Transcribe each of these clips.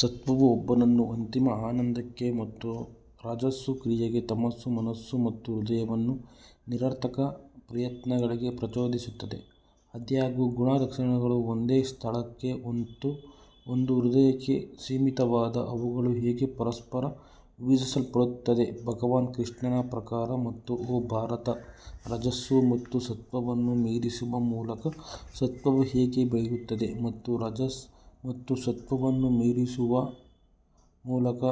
ಸತ್ವವು ಒಬ್ಬನನ್ನು ಅಂತಿಮ ಆನಂದಕ್ಕೆ ಮತ್ತು ರಜಸ್ಸು ಕ್ರಿಯೆಗೆ ತಮಸ್ಸು ಮನಸ್ಸು ಮತ್ತು ಹೃದಯವನ್ನು ನಿರರ್ಥಕ ಪ್ರಯತ್ನಗಳಿಗೆ ಪ್ರಚೋದಿಸುತ್ತದೆ. ಆದಾಗ್ಯೂ ಗುಣಲಕ್ಷಣಗಳು ಒಂದೇ ಸ್ಥಳಕ್ಕೆ ಮತ್ತು ಒಂದು ಹೃದಯಕ್ಕೆ ಸೀಮಿತವಾದಾಗ ಅವುಗಳು ಹೇಗೆ ಪರಸ್ಪರ ವಿಭಜಿಸಲ್ಪಡುತ್ತವೆ ಭಗವಾನ್ ಕೃಷ್ಣನ ಪ್ರಕಾರ ಮತ್ತು ಓ ಭಾರತಾ, ರಜಸ್ಸು ಮತ್ತು ಸತ್ವವನ್ನು ಮೀರಿಸುವ ಮೂಲಕ ಸತ್ವವು ಹೇಗೆ ಬೆಳೆಯುತ್ತದೆ ಮತ್ತು ರಜಸ್ ಮತ್ತು ಸತ್ವವನ್ನು ಮೀರಿಸುವ ಮೂಲಕ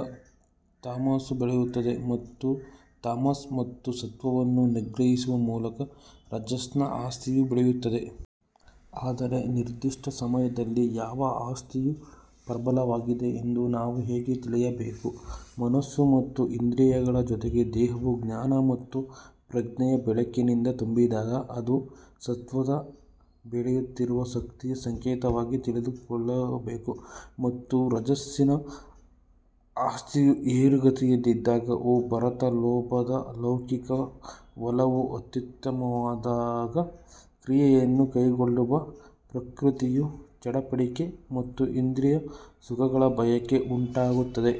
ತಾಮಸವು ಬೆಳೆಯುತ್ತದೆ ಮತ್ತು ತಮಸ್ ಮತ್ತು ಸತ್ವವನ್ನು ನಿಗ್ರಹಿಸುವ ಮೂಲಕ ರಜಸ್ನ ಆಸ್ತಿಯು ಬೆಳೆಯುತ್ತದೆ. ಆದರೆ ನಿರ್ದಿಷ್ಟ ಸಮಯದಲ್ಲಿ ಯಾವ ಆಸ್ತಿಯು ಪ್ರಬಲವಾಗಿದೆ ಎಂದು ನಾವು ಹೇಗೆ ತಿಳಿಯಬೇಕು ಮನಸ್ಸು ಮತ್ತು ಇಂದ್ರಿಯಗಳ ಜೊತೆಗೆ ದೇಹವು ಜ್ಞಾನ ಮತ್ತು ಪ್ರಜ್ಞೆಯ ಬೆಳಕಿನಿಂದ ತುಂಬಿದಾಗ ಅದು ಸತ್ವದ ಬೆಳೆಯುತ್ತಿರುವ ಶಕ್ತಿಯ ಸಂಕೇತವಾಗಿ ತೆಗೆದುಕೊಳ್ಳಬೇಕು. ಮತ್ತು ರಜಸ್ಸಿನ ಆಸ್ತಿಯು ಏರುಗತಿಯಲ್ಲಿದ್ದಾಗ ಓ ಭರತ ಲೋಭದ ಲೌಕಿಕ ಒಲವು ಅತ್ಯುತ್ತಮವಾದಾಗ ಕ್ರಿಯೆಯನ್ನು ಕೈಗೊಳ್ಳುವ ಪ್ರವೃತ್ತಿಯು ಚಡಪಡಿಕೆ ಮತ್ತು ಇಂದ್ರಿಯ ಸುಖಗಳ ಬಯಕೆ ಉಂಟಾಗುತ್ತದೆ.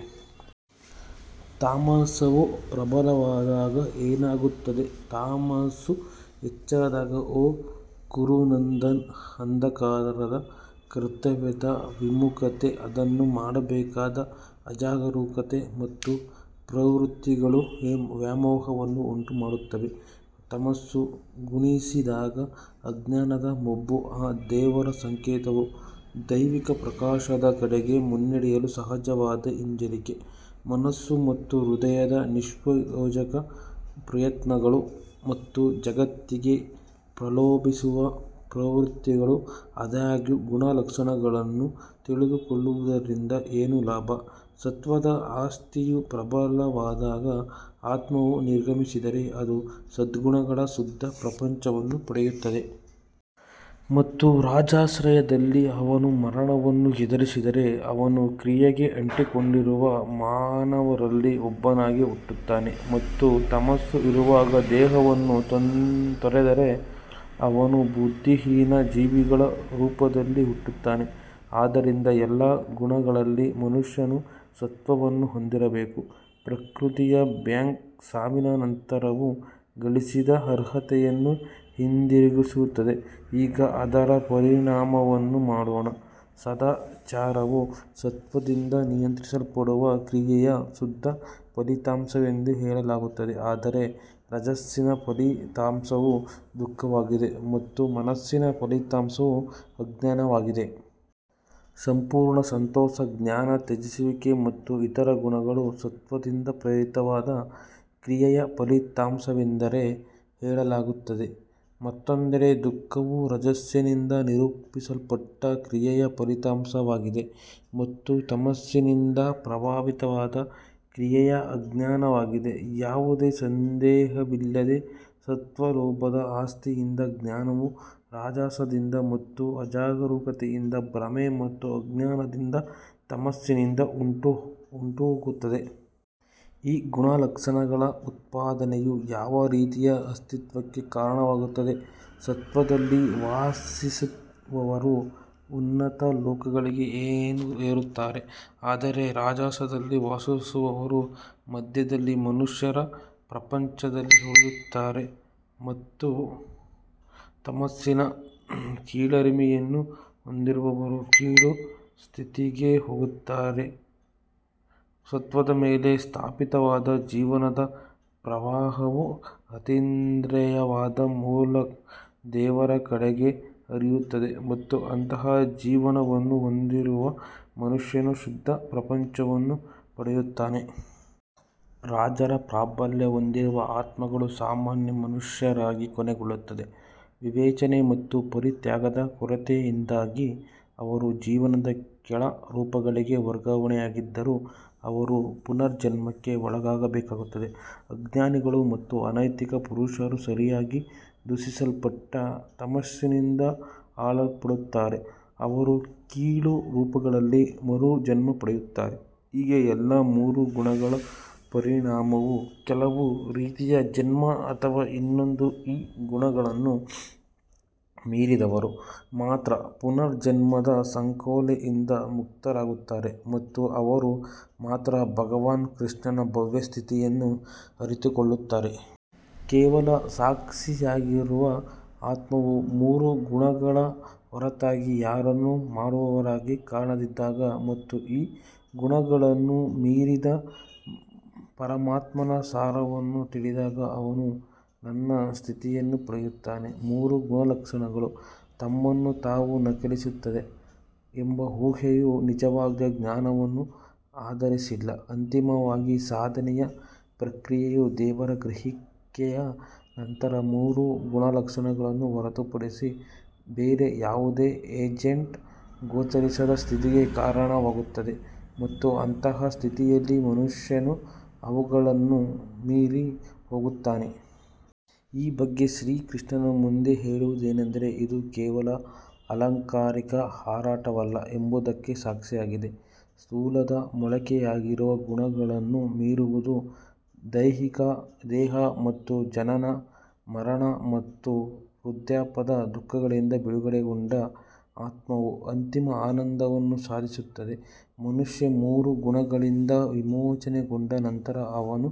ತಾಮಸವು ಪ್ರಬಲವಾದಾಗ ಏನಾಗುತ್ತದೆ ತಮಸ್ಸು ಹೆಚ್ಚಾದಾಗ ಓ ಕುರುನಂದನ್ ಅಂಧಕಾರದ ಕರ್ತವ್ಯದ ವಿಮುಖತೆ, ಅದನ್ನು ಮಾಡಬೇಕಾದ ಅಜಾಗರೂಕತೆ ಮತ್ತು ಪ್ರವೃತ್ತಿಗಳು ವ್ಯಾಮೋಹವನ್ನು ಉಂಟುಮಾಡುತ್ತವೆ. ತಮಸ್ಸು ಗುಣಿಸಿದಾಗ ಅಜ್ಞಾನದ ಮಬ್ಬು ಅ ದೇವರ ಸಂಕೇತವು ದೈವಿಕ ಪ್ರಕಾಶದ ಕಡೆಗೆ ಮುನ್ನಡೆಯಲು ಸಹಜವಾದ ಹಿಂಜರಿಕೆ, ಮನಸ್ಸು ಮತ್ತು ಹೃದಯದ ನಿಷ್ಪ್ರಯೋಜಕ ಪ್ರಯತ್ನಗಳು ಮತ್ತು ಜಗತ್ತಿಗೆ ಪ್ರಲೋಭಿಸುವ ಪ್ರವೃತ್ತಿಗಳು ಆದಾಗ್ಯೂ ಗುಣಲಕ್ಷಣಗಳನ್ನು ತಿಳಿದುಕೊಳ್ಳುವುದರಿಂದ ಏನು ಲಾಭ ಸತ್ತ್ವದ ಆಸ್ತಿಯು ಪ್ರಬಲವಾದಾಗ ಆತ್ಮವು ನಿರ್ಗಮಿಸಿದರೆ ಅದು ಸದ್ಗುಣಗಳ ಶುದ್ಧ ಪ್ರಪಂಚವನ್ನು ಪಡೆಯುತ್ತದೆ. ಮತ್ತು ರಾಜಾಶ್ರಯದಲ್ಲಿ ಅವನು ಮರಣವನ್ನು ಎದುರಿಸಿದರೆ ಅವನು ಕ್ರಿಯೆಗೆ ಅಂಟಿಕೊಂಡಿರುವ ಮಾನವರಲ್ಲಿ ಒಬ್ಬನಾಗಿ ಹುಟ್ಟುತ್ತಾನೆ ಮತ್ತು ತಮಸ್ಸು ಇರುವಾಗ ದೇಹವನ್ನು ತೊರೆದರೆ ಅವನು ಬುದ್ಧಿಹೀನ ಜೀವಿಗಳ ರೂಪದಲ್ಲಿ ಹುಟ್ಟುತ್ತಾನೆ. ಆದ್ದರಿಂದ ಎಲ್ಲಾ ಗುಣಗಳಲ್ಲಿ ಮನುಷ್ಯನು ಸತ್ವವನ್ನು ಹೊಂದಿರಬೇಕು ಪ್ರಕೃತಿಯ ಬ್ಯಾಂಕ್ ಸಾವಿನ ನಂತರವೂ ಗಳಿಸಿದ ಅರ್ಹತೆಯನ್ನು ಹಿಂದಿರುಗಿಸುತ್ತದೆ ಈಗ ಅದರ ಪರಿಣಾಮವನ್ನು ನೋಡೋಣ ಸದಾಚಾರವು ಸತ್ತ್ವದಿಂದ ನಿಯಂತ್ರಿಸಲ್ಪಡುವ ಕ್ರಿಯೆಯ ಶುದ್ಧ ಫಲಿತಾಂಶವೆಂದು ಹೇಳಲಾಗುತ್ತದೆ ಆದರೆ ರಜಸ್ಸಿನ ಫಲಿತಾಂಶವು ದುಃಖವಾಗಿದೆ ಮತ್ತು ತಮಸ್ಸಿನ ಫಲಿತಾಂಶವು ಅಜ್ಞಾನವಾಗಿದೆ. ಸಂಪೂರ್ಣ ಸಂತೋಷ ಜ್ಞಾನ ತ್ಯಜಿಸುವಿಕೆ ಮತ್ತು ಇತರ ಗುಣಗಳು ಸತ್ವದಿಂದ ಪ್ರೇರಿತವಾದ ಕ್ರಿಯೆಯ ಫಲಿತಾಂಶವೆಂದು ಹೇಳಲಾಗುತ್ತದೆ. ಮತ್ತೊಂದೆಡೆ ದುಃಖವು ರಜಸ್ಸಿನಿಂದ ನಿರೂಪಿಸಲ್ಪಟ್ಟ ಕ್ರಿಯೆಯ ಫಲಿತಾಂಶವಾಗಿದೆ ಮತ್ತು ತಮಸ್ಸಿನಿಂದ ಪ್ರಭಾವಿತವಾದ ಕ್ರಿಯೆಯ ಅಜ್ಞಾನವಾಗಿದೆ. ಯಾವುದೇ ಸಂದೇಹವಿಲ್ಲದೆ ಸತ್ತ್ವ ಲೋಭದ ಆಸ್ತಿಯಿಂದ ಜ್ಞಾನವು ರಾಜಸದಿಂದ ಮತ್ತು ಅಜಾಗರೂಕತೆಯಿಂದ ಭ್ರಮೆ ಮತ್ತು ಅಜ್ಞಾನದಿಂದ ತಮಸ್ಸಿನಿಂದ ಉಂಟಾಗುತ್ತದೆ. ಈ ಗುಣಲಕ್ಷಣಗಳ ಉತ್ಪಾದನೆಯು ಯಾವ ರೀತಿಯ ಅಸ್ತಿತ್ವಕ್ಕೆ ಕಾರಣವಾಗುತ್ತದೆ ಸತ್ತ್ವದಲ್ಲಿ ವಾಸಿಸುವವರು ಉನ್ನತ ಲೋಕಗಳಿಗೆ ಏರುತ್ತಾರೆ ಆದರೆ ರಾಜಸದಲ್ಲಿ ವಾಸಿಸುವವರು ಮಧ್ಯದಲ್ಲಿ ಮನುಷ್ಯರ ಪ್ರಪಂಚದಲ್ಲಿ ಉಳಿಯುತ್ತಾರೆ ಮತ್ತು ತಮಸ್ಸಿನ ಕೀಳರಿಮೆಯನ್ನು ಹೊಂದಿರುವವರು ಕೀಳು ಸ್ಥಿತಿಗೆ ಹೋಗುತ್ತಾರೆ. ಸತ್ವದ ಮೇಲೆ ಸ್ಥಾಪಿತವಾದ ಜೀವನದ ಪ್ರವಾಹವು ಅತೀಂದ್ರಿಯವಾದ ಮೂಲ ದೇವರ ಕಡೆಗೆ ಹರಿಯುತ್ತದೆ ಮತ್ತು ಅಂತಹ ಜೀವನವನ್ನು ಹೊಂದಿರುವ ಮನುಷ್ಯನು ಶುದ್ಧ ಪ್ರಪಂಚವನ್ನು ಪಡೆಯುತ್ತಾನೆ. ರಾಜರ ಪ್ರಾಬಲ್ಯ ಹೊಂದಿರುವ ಆತ್ಮಗಳು ಸಾಮಾನ್ಯ ಮನುಷ್ಯರಾಗಿ ಕೊನೆಗೊಳ್ಳುತ್ತವೆ ವಿವೇಚನೆ ಮತ್ತು ಪರಿತ್ಯಾಗದ ಕೊರತೆಯಿಂದಾಗಿ ಅವರು ಜೀವನದ ಕೆಳ ರೂಪಗಳಿಗೆ ವರ್ಗಾವಣೆಯಾಗದಿದ್ದರೂ ಅವರು ಪುನರ್ಜನ್ಮಕ್ಕೆ ಒಳಗಾಗಬೇಕಾಗುತ್ತದೆ ಅಜ್ಞಾನಿಗಳು ಮತ್ತು ಅನೈತಿಕ ಪುರುಷರು ಸರಿಯಾಗಿ ದೂಷಿಸಲ್ಪಟ್ಟ ತಮಸ್ಸಿನಿಂದ ಆಳಲ್ಪಡುತ್ತಾರೆ ಅವರು ಕೀಳು ರೂಪಗಳಲ್ಲಿ ಮರುಜನ್ಮ ಪಡೆಯುತ್ತಾರೆ. ಹೀಗೆ ಎಲ್ಲಾ ಮೂರು ಗುಣಗಳ ಪರಿಣಾಮವು ಕೆಲವು ರೀತಿಯ ಜನ್ಮ ಅಥವಾ ಇನ್ನೊಂದು ಈ ಗುಣಗಳನ್ನು ಮೀರಿದವರು ಮಾತ್ರ ಪುನರ್ಜನ್ಮದ ಸಂಕೋಲೆಯಿಂದ ಮುಕ್ತರಾಗುತ್ತಾರೆ ಮತ್ತು ಅವರು ಮಾತ್ರ ಭಗವಾನ್ ಕೃಷ್ಣನ ಭವ್ಯ ಸ್ಥಿತಿಯನ್ನು ಅರಿತುಕೊಳ್ಳುತ್ತಾರೆ. ಕೇವಲ ಸಾಕ್ಷಿಯಾಗಿರುವ ಆತ್ಮವು ಮೂರು ಗುಣಗಳ ಹೊರತಾಗಿ ಯಾರನ್ನೂ ಮಾಡುವವರಾಗಿ ಕಾಣದಿದ್ದಾಗ ಮತ್ತು ಈ ಗುಣಗಳನ್ನು ಮೀರಿದ ಪರಮಾತ್ಮನ ಸಾರವನ್ನು ತಿಳಿದಾಗ ಅವನು ನನ್ನ ಸ್ಥಿತಿಯನ್ನು ಪಡೆಯುತ್ತಾನೆ. ಮೂರು ಗುಣಲಕ್ಷಣಗಳು ತಮ್ಮನ್ನು ತಾವು ನಕಲಿಸುತ್ತವೆ ಎಂಬ ಊಹೆಯು ನಿಜವಾದ ಜ್ಞಾನವನ್ನು ಆಧರಿಸಿಲ್ಲ ಅಂತಿಮವಾಗಿ ಸಾಧನೆಯ ಪ್ರಕ್ರಿಯೆಯು ದೇವರ ಗ್ರಹಿಕೆಯ ನಂತರ ಮೂರು ಗುಣಲಕ್ಷಣಗಳನ್ನು ಹೊರತುಪಡಿಸಿ ಬೇರೆ ಯಾವುದೇ ಏಜೆಂಟ್ ಗೋಚರಿಸದ ಸ್ಥಿತಿಗೆ ಕಾರಣವಾಗುತ್ತದೆ ಮತ್ತು ಅಂತಹ ಸ್ಥಿತಿಯಲ್ಲಿ ಮನುಷ್ಯನು ಅವುಗಳನ್ನು ಮೀರಿ ಹೋಗುತ್ತಾನೆ. ಈ ಬಗ್ಗೆ ಶ್ರೀಕೃಷ್ಣನು ಮುಂದೆ ಹೇಳುವುದೇನೆಂದರೆ ಇದು ಕೇವಲ ಅಲಂಕಾರಿಕ ಹಾರಾಟವಲ್ಲ ಎಂಬುದಕ್ಕೆ ಸಾಕ್ಷಿಯಾಗಿದೆ ಸ್ಥೂಲದ ಮೊಳಕೆಯಾಗಿರುವ ಗುಣಗಳನ್ನು ಮೀರುವುದು ದೈಹಿಕ ದೇಹ ಮತ್ತು ಜನನ ಮರಣ ಮತ್ತು ವೃದ್ಧಾಪ್ಯದ ದುಃಖಗಳಿಂದ ಬಿಡುಗಡೆಗೊಂಡ ಆತ್ಮವು ಅಂತಿಮ ಆನಂದವನ್ನು ಸಾಧಿಸುತ್ತದೆ ಮನುಷ್ಯ ಮೂರು ಗುಣಗಳಿಂದ ವಿಮೋಚನೆಗೊಂಡ ನಂತರ ಅವನ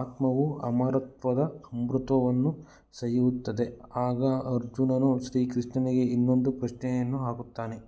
ಆತ್ಮವು ಅಮರತ್ವದ ಅಮೃತವನ್ನು ಸವಿಯುತ್ತದೆ ಆಗ ಅರ್ಜುನನು ಶ್ರೀಕೃಷ್ಣನಿಗೆ ಇನ್ನೊಂದು ಪ್ರಶ್ನೆಯನ್ನು ಹಾಕುತ್ತಾನೆ.